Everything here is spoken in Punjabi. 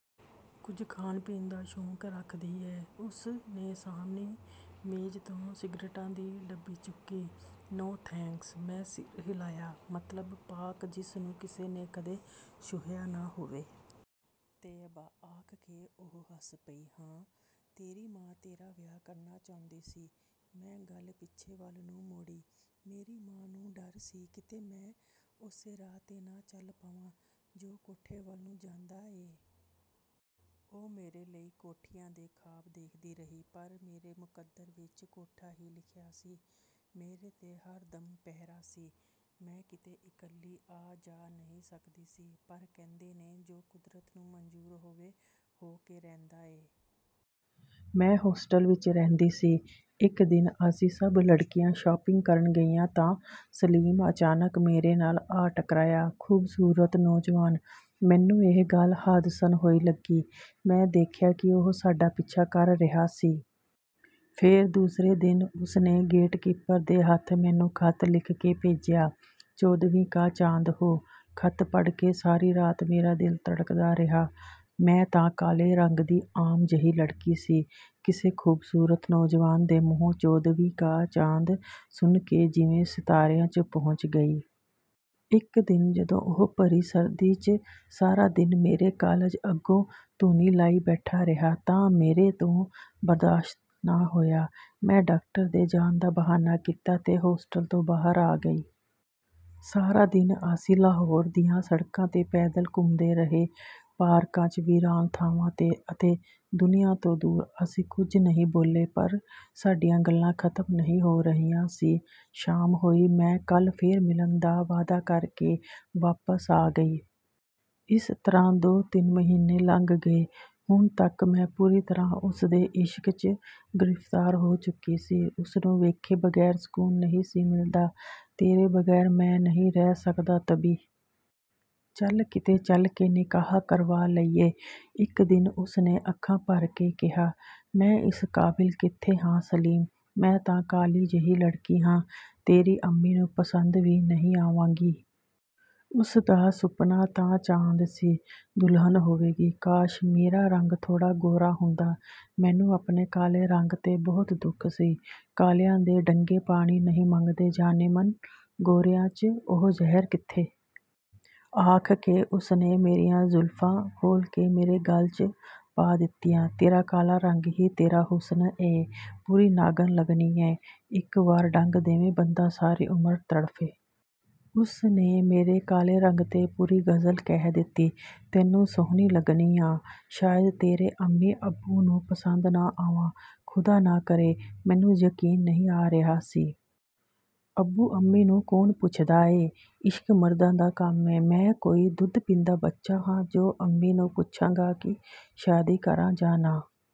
"ਕੁਝ ਖਾਣ ਪੀਣ ਦਾ ਸ਼ੌਕ ਰੱਖਦੀ ਏਂ? " ਉਸ ਨੇ ਸਾਹਮਣੀ ਮੇਜ਼ ਤੋਂ ਸਿਗਰਟਾਂ ਦੀ ਡੱਬੀ ਚੁੱਕੀ। "ਨੋ…. ਥੈਂਕਸ। " ਮੈਂ ਸਿਰ ਹਿਲਾਇਆ। ਮਤਲਬ ਪਾਕ ਜਿਸ ਨੂੰ ਕਿਸੇ ਨੇ ਕਦੇ ਛੁਹਿਆ ਨਾ ਹੋਵੇ। ਤਈਅਬਾ। " ਆਖ ਕੇ ਉਹ ਹੱਸ ਪਈ। "ਹਾਂ, ਤੇਰੀ ਮਾਂ ਤੇਰਾ ਵਿਆਹ ਕਰਨਾ ਚਾਹੁੰਦੀ ਸੀ। " ਮੈਂ ਗੱਲ ਪਿੱਛੇ ਵੱਲ ਨੂੰ ਮੋੜੀ। "ਮੇਰੀ ਮਾਂ ਨੂੰ ਡਰ ਸੀ ਕਿਤੇ ਮੈਂ ਉਸੇ ਰਾਹ 'ਤੇ ਨਾ ਚੱਲ ਪਵਾਂ ਜੋ ਕੋਠੇ ਵੱਲ ਨੂੰ ਜਾਂਦਾ ਏ। ਉਹ ਮੇਰੇ ਲਈ ਕੋਠੀਆਂ ਦੇ ਖਾਬ ਦੇਖਦੀ ਰਹੀ ਪਰ ਮੇਰੇ ਮੁਕੱਦਰ ਵਿਚ ਕੋਠਾ ਹੀ ਲਿਖਿਆ ਸੀ। ਮੇਰੇ 'ਤੇ ਹਰ ਦਮ ਪਹਿਰਾ ਸੀ। ਮੈਂ ਕਿਤੇ ਇਕੱਲੀ ਆ ਜਾ ਨਹੀਂ ਸਕਦੀ ਸੀ ਪਰ ਕਹਿੰਦੇ ਨੇ ਜੋ ਕੁਦਰਤ ਨੂੰ ਮੰਜ਼ੂਰ ਹੋਵੇ ਹੋ ਕੇ ਰਹਿੰਦਾ ਏ। ਮੈਂ ਹੋਸਟਲ ਵਿਚ ਰਹਿੰਦੀ ਸੀ। ਇੱਕ ਦਿਨ ਅਸੀਂ ਸਭ ਲੜਕੀਆਂ ਸ਼ਾਪਿੰਗ ਕਰਨ ਗਈਆਂ ਤਾਂ ਸਲੀਮ ਅਚਾਨਕ ਮੇਰੇ ਨਾਲ ਆ ਟਕਰਾਇਆ। ਖੂਬਸੂਰਤ ਨੌਜਵਾਨ। ਮੈਨੂੰ ਇਹ ਗੱਲ ਹਾਦਸਨ ਹੋਈ ਲੱਗੀ। ਮੈਂ ਦੇਖਿਆ ਕਿ ਉਹ ਸਾਡਾ ਪਿੱਛਾ ਕਰ ਰਿਹਾ ਸੀ। ਫੇਰ ਦੂਸਰੇ ਦਿਨ ਉਸ ਨੇ ਗੇਟਕੀਪਰ ਦੇ ਹੱਥ ਮੈਨੂੰ ਖ਼ਤ ਲਿਖ ਕੇ ਭੇਜਿਆ। "ਚੌਦਵੀਂ ਕਾ ਚਾਂਦ ਹੋ…। " ਖ਼ਤ ਪੜ੍ਹ ਕੇ ਸਾਰੀ ਰਾਤ ਮੇਰਾ ਦਿਲ ਧੜਕਦਾ ਰਿਹਾ। ਮੈਂ ਤਾਂ ਕਾਲੇ ਰੰਗ ਦੀ ਆਮ ਜਿਹੀ ਲੜਕੀ ਸੀ… ਕਿਸੇ ਖ਼ੂਬਸੂਰਤ ਨੌਜਵਾਨ ਦੇ ਮੂੰਹੋਂ 'ਚੌਦਵੀਂ ਕਾ ਚਾਂਦ' ਸੁਣ ਕੇ ਜਿਵੇਂ ਸਿਤਾਰਿਆਂ 'ਚ ਪਹੁੰਚ ਗਈ। ਇੱਕ ਦਿਨ ਜਦੋਂ ਉਹ ਭਰੀ ਸਰਦੀ 'ਚ ਸਾਰਾ ਦਿਨ ਮੇਰੇ ਕਾਲਜ ਅੱਗੋਂ ਧੂਣੀ ਲਾਈ ਬੈਠਾ ਰਿਹਾ ਤਾਂ ਮੇਰੇ ਤੋਂ ਬਰਦਾਸ਼ਤ ਨਾ ਹੋਇਆ। ਮੈਂ ਡਾਕਟਰ ਦੇ ਜਾਣ ਦਾ ਬਹਾਨਾ ਕੀਤਾ ਤੇ ਹੋਸਟਲ ਤੋਂ ਬਾਹਰ ਆ ਗਈ। ਸਾਰਾ ਦਿਨ ਅਸੀਂ ਲਾਹੌਰ ਦੀਆਂ ਸੜਕਾਂ 'ਤੇ ਪੈਦਲ ਘੁੰਮਦੇ ਰਹੇ। ਪਾਰਕਾਂ 'ਚ, ਵੀਰਾਨ ਥਾਵਾਂ 'ਤੇ ਅਤੇ ਦੁਨੀਆਂ ਤੋਂ ਦੂਰ। ਅਸੀਂ ਕੁਝ ਨਹੀਂ ਬੋਲੇ ਪਰ ਸਾਡੀਆਂ ਗੱਲਾਂ ਖ਼ਤਮ ਨਹੀਂ ਹੋ ਰਹੀਆਂ ਸੀ। ਸ਼ਾਮ ਹੋਈ ਮੈਂ 'ਕੱਲ੍ਹ ਫੇਰ ਮਿਲਣ' ਦਾ ਵਾਅਦਾ ਕਰ ਕੇ ਵਾਪਸ ਆ ਗਈ। ਇਸ ਤਰ੍ਹਾਂ ਦੋ ਤਿੰਨ ਮਹੀਨੇ ਲੰਘ ਗਏ। ਹੁਣ ਤੱਕ ਮੈਂ ਪੂਰੀ ਤਰ੍ਹਾਂ ਉਸ ਦੇ ਇਸ਼ਕ 'ਚ ਗ੍ਰਿਫਤਾਰ ਹੋ ਚੁੱਕੀ ਸੀ। ਉਸ ਨੂੰ ਵੇਖੇ ਬਗੈਰ ਸਕੂਨ ਨਹੀਂ ਸੀ ਮਿਲਦਾ। "ਤੇਰੇ ਬਗ਼ੈਰ ਮੈਂ ਨਹੀਂ ਰਹਿ ਸਕਦਾ ਤਬੀ। ਚੱਲ ਕਿਤੇ ਚੱਲ ਕੇ ਨਿਕਾਹ ਕਰਵਾ ਲਈਏ। " ਇੱਕ ਦਿਨ ਉਸ ਨੇ ਅੱਖਾਂ ਭਰ ਕੇ ਕਿਹਾ। "ਮੈਂ ਇਸ ਕਾਬਿਲ ਕਿਥੇ ਹਾਂ ਸਲੀਮ। ਮੈਂ ਤਾਂ ਕਾਲੀ ਜਿਹੀ ਲੜਕੀ ਹਾਂ, ਤੇਰੀ ਅੰਮੀ ਨੂੰ ਪਸੰਦ ਵੀ ਨਹੀਂ ਆਵਾਂਗੀ। ਉਸ ਦਾ ਸੁਪਨਾ ਤਾਂ ਚਾਂਦ ਸੀ ਦੁਲਹਨ ਹੋਵੇਗੀ। ਕਾਸ਼! ਮੇਰਾ ਰੰਗ ਥੋੜ੍ਹਾ ਗੋਰਾ ਹੁੰਦਾ। " ਮੈਨੂੰ ਆਪਣੇ ਕਾਲੇ ਰੰਗ 'ਤੇ ਬਹੁਤ ਦੁਖ ਸੀ। ਕਾਲਿਆਂ ਦੇ ਡੰਗੇ ਪਾਣੀ ਨਹੀਂ ਮੰਗਦੇ ਜਾਨੇਮਨ। ਗੋਰਿਆਂ 'ਚ ਉਹ ਜ਼ਹਿਰ ਕਿੱਥੇ! " ਆਖ ਕੇ ਉਸ ਨੇ ਮੇਰੀਆਂ ਜ਼ੁਲਫਾਂ ਖੋਲ੍ਹ ਕੇ ਮੇਰੇ ਗਲ਼ 'ਚ ਪਾ ਦਿੱਤੀਆਂ। "ਤੇਰਾ ਕਾਲਾ ਰੰਗ ਹੀ ਤੇਰਾ ਹੁਸਨ ਏ। ਪੂਰੀ ਨਾਗਣ ਲੱਗਣੀ ਏਂ, ਇੱਕ ਵਾਰ ਡੰਗ ਦੇਵੇਂ ਬੰਦਾ ਸਾਰੀ ਉਮਰ ਤੜਫੇ। " ਉਸ ਨੇ ਮੇਰੇ ਕਾਲੇ ਰੰਗ 'ਤੇ ਪੂਰੀ ਗਜ਼ਲ ਕਹਿ ਦਿੱਤੀ। "ਤੈਨੂੰ ਸੁਹਣੀ ਲੱਗਣੀ ਆਂ। ਸ਼ਾਇਦ ਤੇਰੇ ਅੰਮੀ ਅੱਬੂ ਨੂੰ ਪਸੰਦ ਨਾ ਆਵਾਂ, ਖੁਦਾ ਨਾ ਕਰੇ। " ਮੈਨੂੰ ਯਕੀਨ ਨਹੀਂ ਆ ਰਿਹਾ ਸੀ। "ਅੱਬੂ ਅੰਮੀ ਨੂੰ ਕੌਣ ਪੁੱਛਦਾ ਏ। ਇਸ਼ਕ ਮਰਦਾਂ ਦਾ ਕੰਮ ਏ। ਮੈਂ ਕੋਈ ਦੁੱਧ ਪੀਂਦਾ ਬੱਚਾ ਹਾਂ ਜੋ ਅੰਮੀ ਨੂੰ ਪੁੱਛਾਂਗਾ ਕਿ ਸ਼ਾਦੀ ਕਰਾਂ ਜਾਂ ਨਾ?